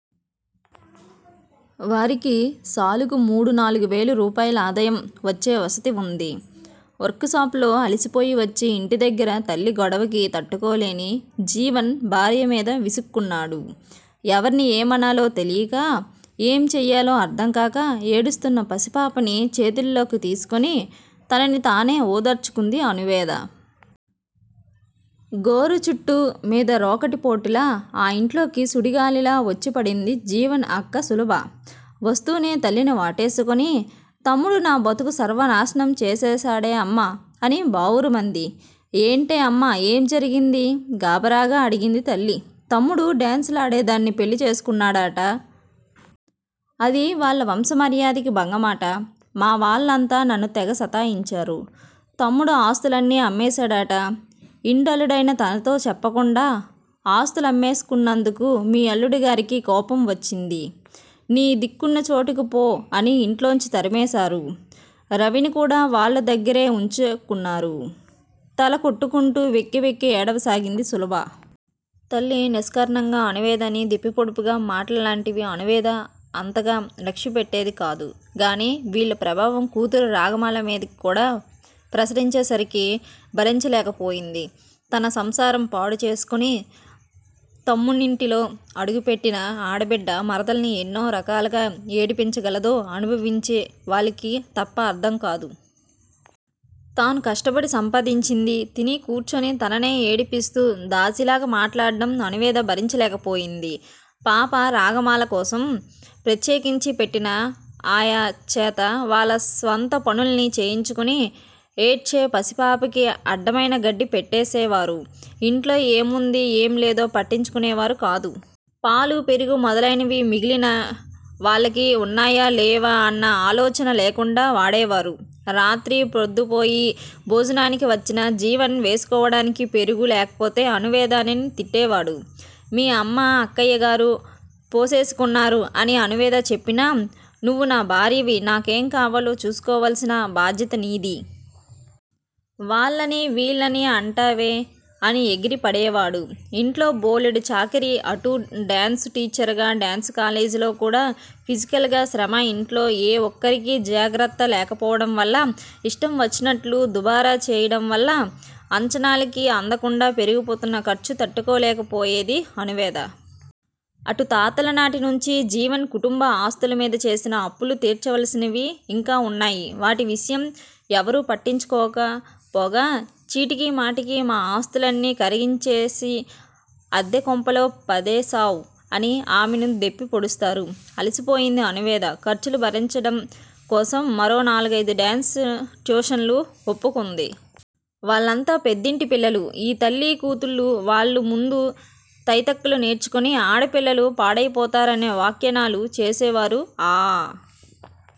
వారికి సాలుకు మూడు నాలుగువేల రూపాయలాదాయం వచ్చే వసతీ వుంది. వర్కుషాప్ లో అలసిపోయి వచ్చి ఇంటిదగ్గర తల్లి గొడవకి తట్టుకోలేని జీవన్ భార్య మీద విసుక్కున్నాడు. ఎవర్ని ఏమనాలో తెలియక, ఏం చెయ్యాలో అర్ధంకాక ఏడుస్తున్న పసిపాపని చేతుల్లోకి తీసుకోని తనని తనే ఒదార్చుకుంది అణువేద. గోరుచుట్టూ మీద రోకటి పోటులా ఆ యింట్లోకి సుడిగాలిలా వొచ్చిపడింది జీవన్ అక్క సులభ. వస్తూనే తల్లిని వాటేసుకుని తమ్ముడూ నా బతుకు సర్వనాసనం చేసేశాడే అమ్మా! అని బావురుమంది. ఏంటే అమ్మా! ఏం జరిగింది? గాభరాగా అడిగింది తల్లి. తమ్ముడు డాన్సు లాడేదాన్ని పెళ్ళి చేసుకున్నాడట. అది వాళ్ళ వంశమర్యాదకి భంగమట మా వాళ్ళంతా నన్ను తెగ సతాయించారు. తమ్ముడూ ఆస్తులన్నీ అమ్మేశాడట. ఇంటల్లుడైన తనతో చెప్పకుండా ఆస్తులమ్మేసుకున్నందుకు మీ అల్లుడిగారికి కోపం వచ్చింది. నీ దిక్కున్న చోటికి ఫో! అని యింట్లోంచి తరిమేశారు. రవిని కూడా వాళ్ళ దగ్గిరే వుంచేసుకున్నారు. తల కొట్టుకుంటూ వెక్కి వెక్కి ఏడవసాగింది సులభ. తల్లి నిష్కారణంగా అణువేదని దెప్పిపొడుపుగా మాటల్లాంటివి అణువేద అంతగా లక్ష్యపెట్టేది కాదు గానీ వీళ్ళ ప్రభావం కూతురు రాగమాల మీదకి కూడా ప్రసరించేసరికి భరించలేకపోయింది. తన సంసారం పాడు చేసుకుని తమ్మునింటిలో అడుగు పెట్టిన ఆడబిడ్డ మరదల్ని యెన్నో రకాలుగా ఏడిపించగలదో అనుభవించే వాళ్ళకి తప్ప అర్ధం కాదు. తను కష్టపడి సంపాదించింది తిని కూర్చుని తననే ఏడిపిస్తూ దాసీలాగా మాట్లాడడం అణువేద భరించలేకపోయింది. పాప రాగమాల కోసం ప్రత్యేకించి పెట్టిన ఆయా చేత వాళ్ళ స్వంత పనులన్నీ చేయించుకుని ఏడ్చే పసిపాపకి అడ్డమైన గడ్డి పెట్టేసేవారు. ఇంట్లో ఏముందో ఏం లేదో పట్టించుకునేవారు కాదు. పాలు పెరుగు మొదలయినవి మిగిలిన వాళ్ళకి వున్నాయా లేవా అన్న ఆలోచన లేకుండా వాడేవారు. రాత్రి ప్రొద్దుపోయి భోజనానికి వచ్చిన జీవన్ వేసుకోవడానికి పెరుగు లేకపోతే అణువేదని తిట్టేవాడు. మీ అమ్మ, అక్కయ్యగారు పోసేసుకున్నారు. అని అణువేద చెప్పినా, నువ్వు నా భార్యవి. నాకేం కావాలో చూసుకోవాల్సిన బాధ్యత నీది. వాళ్ళని వీళ్ళని అంటావే? అని ఎగిరి పడేవాడు. ఇంట్లో బోలెడు చాకిరీ, అటు డాన్సు టీచరుగా డాన్సు కాలేజిలో కూడా ఫిజికల్ గా శ్రమ, యింట్లో ఏ ఒక్కరికి జాగ్రత్త లేకపోవడం వల్ల, యిష్టం వచ్చినట్లు దుబారా చేసేయడం వల్ల, అంచనాలకి అందకుండా పెరిగిపోతున్న ఖర్చు తట్టుకోలేకపోయేది అణువేద. అటు తాతల నాటి నుంచి జీవన్ కుటుంబం ఆస్తుల మీద చేసిన అప్పులు తిర్చవలసినవి ఇంకా వున్నాయి. వాటి విషయం ఎవరూ పట్టించుకోక పోగా చీటికి మాటికి, మా ఆస్తులన్నీ కరిగించేసి అద్దె కొంపలో పదేశావు. అని ఆమెనే దెప్పి పొడుస్తారు. అలసిపోయింది అణువేద. ఖర్చులు భరించడం కోసం మరో నాలుగైదు డాన్సు ట్యుషన్లు వోప్పుకుంది. వాళ్ళంతా పెద్దింటి పిల్లలు. ఈ తల్లి కూతుళ్ళు వాళ్ళ ముందు, తైతక్కలు నేర్చుకుని ఆడపిల్లలు పాడైపోతారని వ్యాఖ్యానాలు చేసేవారు. ఆ